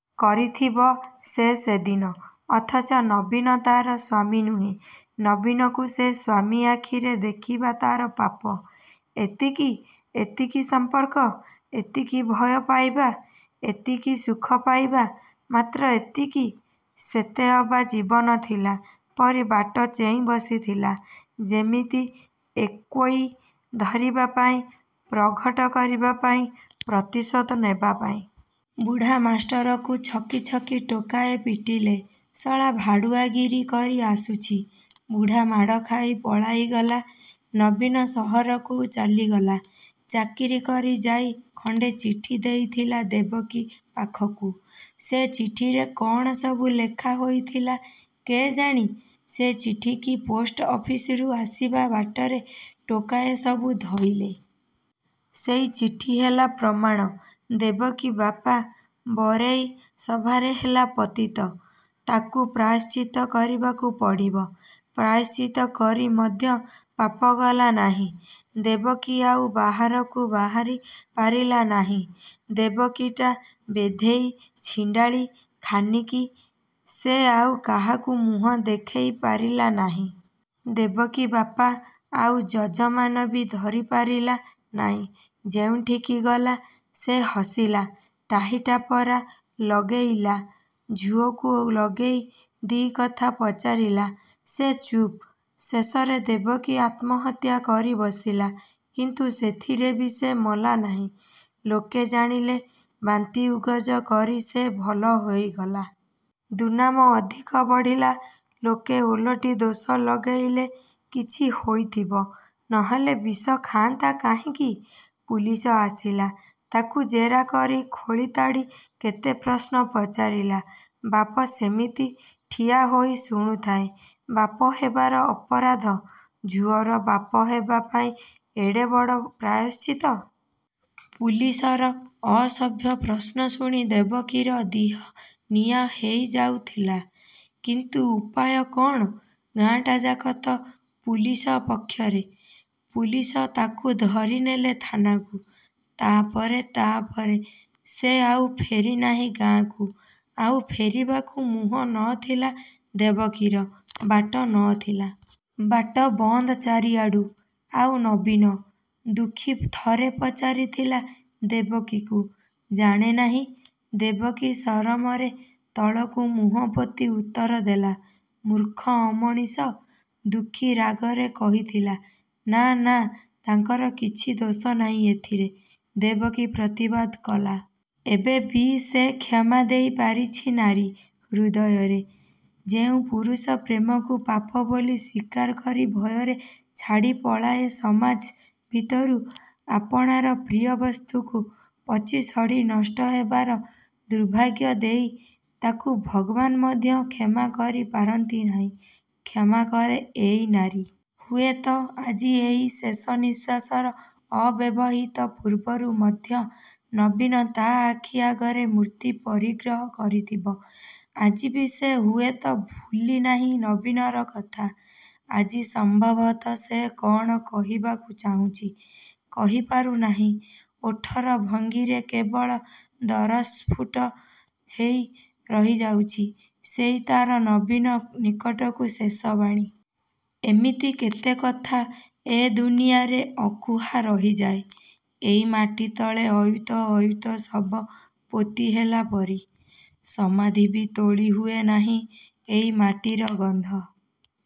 କରିଥିବ ସେ ସେଦିନ। ଅଥଚ ନବୀନ ତା'ର ସ୍ୱାମୀ ନୁହେଁ। ନବୀନକୁ ସେ ସ୍ୱାମୀ ଆଖିରେ ଦେଖିବା ତା'ର ପାପ। ଏତିକି। ଏତିକି ସମ୍ପର୍କ। ଏତିକି ଭୟ ପାଇବା–ଏତିକି ସୁଖ ପାଇବା। ମାତ୍ର ଏତିକି। ସେତେ ଅବା ଜୀବନ ଥିଲା। ପରି ବାଟ ଚେଇଁ ବସିଥିଲା ଯେମିତି ଏକୁଇ ଧରିବାପାଇଁ–ପ୍ରଘଟ କରିବାପାଇଁ–ପ୍ରତିଶୋଧ ନେବା ପାଇଁ। ବୁଢ଼ା ମାଷ୍ଟରକୁ ଛକି ଛକି ଟୋକାଏ ପିଟିଲେ–ଶଳା ଭାଡ଼ୁଆଗିରି କରି ଆସୁଛି। ବୁଢାମାଡ଼ ଖାଇ ପଳାଇ ଗଲା। ନବୀନ ସହରକୁ ଚାଲିଗଲା ଚାକିରି କରି–ଯାଇ ଖଣ୍ଡେ ଚିଠି ଦେଇଥିଲା ଦେବକୀ ପାଖକୁ। ସେ ଚିଠିରେ କ'ଣ ସବୁ ଲେଖା ହୋଇଥିଲା କେଜାଣି–ସେ ଚିଠିକି ପୋଷ୍ଟ ଅଫିସରୁ ଆସିବା ବାଟରେ ଟୋକାଏ ସବୁ ଧଇଲେ। ସେଇ ଚିଠି ହେଲା ପ୍ରମାଣ। ଦେବକୀ ବାପା ବରେଇ ସଭାରେ ହେଲା ପତିତ। ତାକୁ ପ୍ରାୟଶ୍ଚିତ୍ତ କରିବାକୁ ପଡ଼ିବ। ପ୍ରାୟଶ୍ଚିତ୍ତ କରି ମଧ୍ୟ ପାପ ଗଲା ନାହିଁ। ଦେବକୀ ଆଉ ବାହାରକୁ ବାହାରି ପାରିଲା ନାହିଁ। ଦେବକୀଟା ବେଧେଇ, ଛିଣ୍ଡାଳି ଖାନିକି। ସେ ଆଉ କାହାକୁ ମୁହଁ ଦେଖାଇ ପାରିଲା ନାହିଁ। ଦେବକୀ ବାପା ଆଉ ଯଜମାନବି ଧରିପାରିଲା ନାହିଁ ଯେଉଁଠିକି ଗଲା, ସେ ହସିଲା, ଟାହି ଟାପରା ଲଗେଇଲା–ଝୁଅକୁ ଲଗେଇ ଦି'କଥା ପଚାରିଲା। ସେ ଚୁପ୍। ଶେଷରେ ଦେବକୀ ଆତ୍ମହତ୍ୟା କରି ବସିଲା। କିନ୍ତୁ ସେଥିରେବି ସେ ମଲା ନାହିଁ। ଲୋକେ ଜାଣିଲେ। ବାନ୍ତି ଉଗଜ କରି ସେ ଭଲ ହେଇଗଲା। ଦୁର୍ନାମ ଅଧିକ ବଢ଼ିଲା। ଲୋକେ ଓଲଟି ଦୋଷ ଲଗେଇଲେ–''କିଛି ହେଇଥିବ, ନହେଲେ ବିଷ ଖାଆନ୍ତା କାହିଁକି? ପୁଲିସ ଆସିଲା। ତାକୁ ଜେରା କରି ଖୋଳିତାଡ଼ି କେତେ ପ୍ରଶ୍ନ ପଚାରିଲା। ବାପ ସେମିତି ଠିଆ ହେଇ ଶୁଣୁଥାଏ। ବାପ ହେବାର ଅପରାଧ। ଝୁଅର ବାପ ହେବାପାଇଁ ଏଡ଼େ ବଡ଼ ପ୍ରାୟଶ୍ଚିତ୍ତ। ପୁଲିସର ଅସଭ୍ୟ ପ୍ରଶ୍ନ ଶୁଣି ଦେବକୀର ଦିହ ନିଆଁ ହେଇ ଯାଉଥିଲା। କିନ୍ତୁ ଉପାୟ କ'ଣ? ଗାଁଟାଯାକ ତ ପୁଲିସ ପକ୍ଷରେ। ପୁଲିସ ତାକୁ ଧରିନେଲେ ଥାନାକୁ। ତା'ପରେ–ତା'ପରେ। ସେ ଆଉ ଫେରି ନାହିଁ ଗାଁକୁ। ଆଉ ଫେରିବାକୁ ମୁହଁ ନଥିଲା ଦେବକୀର, ବାଟ ନଥିଲା। ବାଟ ବନ୍ଦ ଚାରିଆଡ଼ୁ। ''ଆଉ ନବୀନ? '' ଦୁଃଖୀ ଥରେ ପଚାରିଥିଲା ଦେବକୀକୁ। ''ଜାଣେ ନାହିଁ। '' ଦେବକୀ ସରମରେ ତଳକୁ ମୁହଁ ପୋତି ଉତ୍ତର ଦେଲା। ''ମୂର୍ଖ–ଅମଣିଷ। '' ଦୁଃଖୀ ରାଗରେ କହିଥିଲା। ''ନା–ନା ତାଙ୍କର କିଛି ଦୋଷ ନାହିଁ ଏଥିରେ। '' ଦେବକୀ ପ୍ରତିବାଦ କଲା। ଏବେବି ସେ କ୍ଷମା ଦେଇ ପାରିଛି ନାରୀ ହୃଦୟରେ। ଯେଉଁ ପୁରୁଷ ପ୍ରେମକୁ ପାପ ବୋଲି ସ୍ୱୀକାର କରି ଭୟରେ ଛାଡ଼ି ପଳାଏ ସମାଜ ଭିତରୁ, ଆପଣାର ପ୍ରିୟବସ୍ତୁକୁ ପଚି ଶଢ଼ି ନଷ୍ଟ ହେବାର ଦୁର୍ଭାଗ୍ୟ ଦେଇ, ତାକୁ ଭଗବାନ୍ ମଧ୍ୟ କ୍ଷମା କରି ପାରନ୍ତି ନାହିଁ–କ୍ଷମା କରେ ଏଇ ନାରୀ-। ହୁଏତ ଆଜି ଏଇ ଶେଷ ନିଃଶ୍ୱାସର ଅବ୍ୟବହିତ ପୂର୍ବରୁ ମଧ୍ୟ ନବୀନ ତା' ଆଖି ଆଗରେ ମୂର୍ତ୍ତି ପରିଗ୍ରହ କରିଥିବ। ଆଜିବି ସେ ହୁଏତ ଭୁଲି ନାହିଁ ନବୀନର କଥା। ଆଜି ସମ୍ଭବତଃ ସେ କ'ଣ କହିବାକୁ ଚାହୁଁଛି, କହିପାରୁ ନାହିଁ–ଓଠର ଭଙ୍ଗିରେ କେବଳ ଦରସ୍ଫୁଟ ହେଇ ରହିଯାଉଛି–ସେଇ ତା'ର ନବୀନ ନିକଟକୁ ଶେଷ ବାଣୀ। ଏମିତି କେତେ କଥା ଏ ଦୁନିଆରେ ଅକୁହା ରହିଯାଏଁ–ଏଇ ମାଟିତଳେ ଅୟୁତ ଅୟୁତ ଶବ ପୋତି ହେଲାପରି। ସମାଧିବି ତୋଳା ହୁଏ ନାହିଁ। ଏଇ ମାଟିର ଗନ୍ଧ,